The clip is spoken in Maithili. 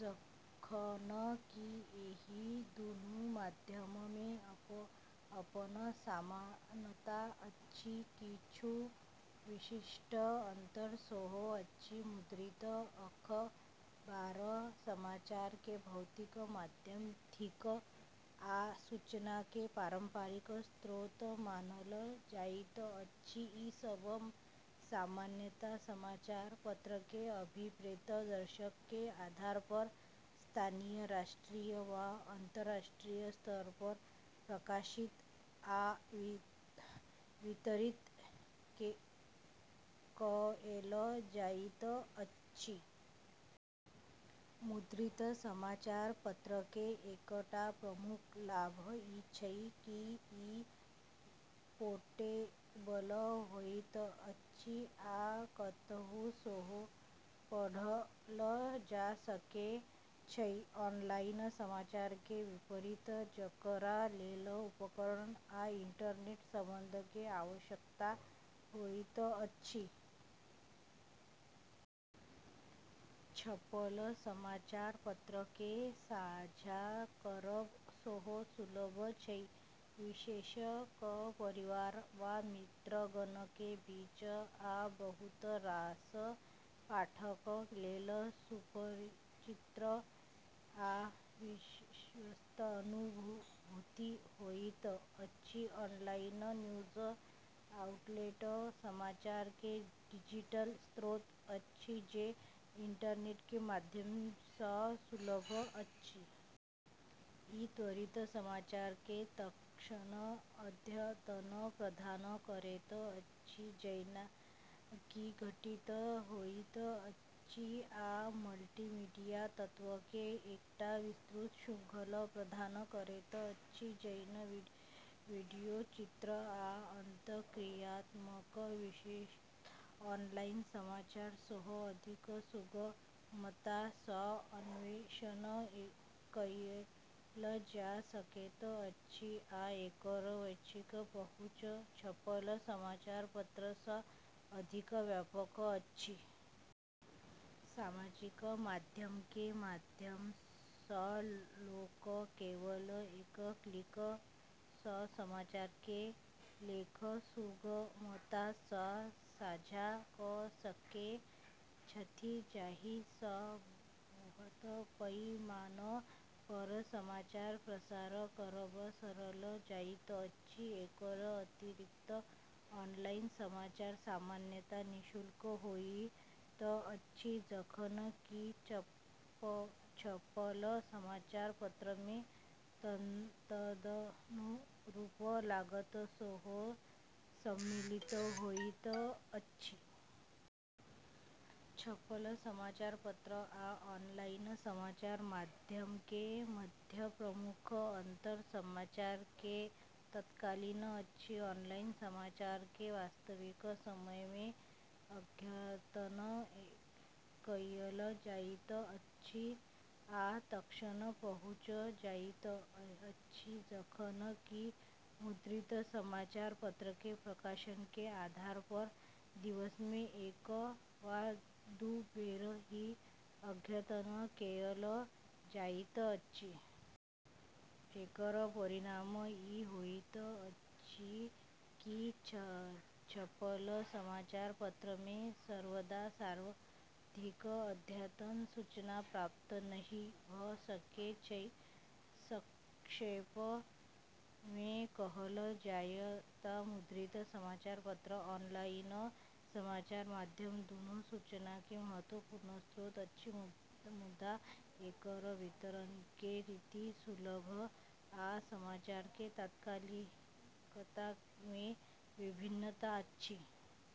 जखन कि एहि दुनू माध्यम में अपन समानता अछि, किछु विशिष्ट अंतर सेहो अछि। मुद्रित अखबार समाचार के भौतिक माध्यम थिक आ सूचना के पारंपरिक स्रोत मानल जाइत अछि। ई सब सामान्यतः समाचार-पत्र के अभिप्रेत दर्शक के आधार पर स्थानीय, राष्ट्रीय वा अंतर्राष्ट्रीय स्तर पर प्रकाशित आ वितरित कएल जाइत अछि। मुद्रित समाचार-पत्र के एकटा प्रमुख लाभ ई छै कि ई पोर्टेबल होइत अछि आ कतहुँ सेहो पढ़ल जा सकै छै, ऑनलाइन समाचार के विपरीत, जकरा लेल उपकरण आ इंटरनेट संबंध के आवश्यकता होइत अछि। छपल समाचार-पत्र के साझा करब सेहो सुलभ छै, विशेष कऽ परिवार वा मित्रगण के बीच, आ बहुत रास पाठक लेल सुपरिचित आ विश्वस्त अनुभूति होइत अछि। ऑनलाइन न्यूज आउटलेट समाचार के डिजिटल स्रोत अछि जे इंटरनेट के माध्यम सँ सुलभ अछि। ई त्वरित समाचार के तत्क्षण अद्यतन प्रदान करैत अछि जेंना कि घटित होइत अछि आ मल्टीमीडिया तत्व के एकटा विस्तृत शृंखला प्रदान करैत अछि, जेना वीडियो, चित्र, आ अंतःक्रियात्मक विशेषता। ऑनलाइन समाचार सेहो अधिक सुगमता सँ अन्वेषण कएल जा सकैत अछि आ एकर वैश्विक पहुँच छपल समाचार-पत्र सँ अधिक व्यापक अछि। सामाजिक माध्यम के माध्यम सँ लोक केवल एक क्लिक सँ समाचार के लेख सुगमता सँ साझा कऽ सकै छथि, जाहि सँ बृहत पैमाना पर समाचार प्रसार करब सरल भऽ जाइत अछि। एकर अतिरिक्त ऑनलाइन समाचार सामान्यतः निःशुल्क होइत अछि, जखन कि छपल समाचार-पत्र में तदनुरूप लागत सेहो सम्मिलित होइत अछि। छपल समाचार-पत्र आ ऑनलाइन समाचार माध्यम के मध्य प्रमुख अंतर समाचार के तात्कालिकता अछि। ऑनलाइन समाचार के वास्तविक समय मे अद्यतन कएल जाइत अछि आ तत्क्षण पहुँच जाइत अछि, जखन कि मुद्रित समाचार-पत्र के प्रकाशन के आधार पर दिवस में एक वा दू बेर ही अद्यतन कएल जाइत अछि। एकर परिणाम ई होइत अछि कि छपल समाचार-पत्र में सर्वदा सर्वाधिक अद्यतन सूचना प्राप्त नहि भऽ सकै छै। संक्षेप में कहल जाय तँ मुद्रित समाचार-पत्र आ ऑनलाइन समाचार माध्यम दुनू सूचना के महत्त्वपूर्ण स्रोत अछि, मुदा एकर वितरण के रीति, सुलभता, आ समाचार के तात्कालिकता में विभिन्नता अछि।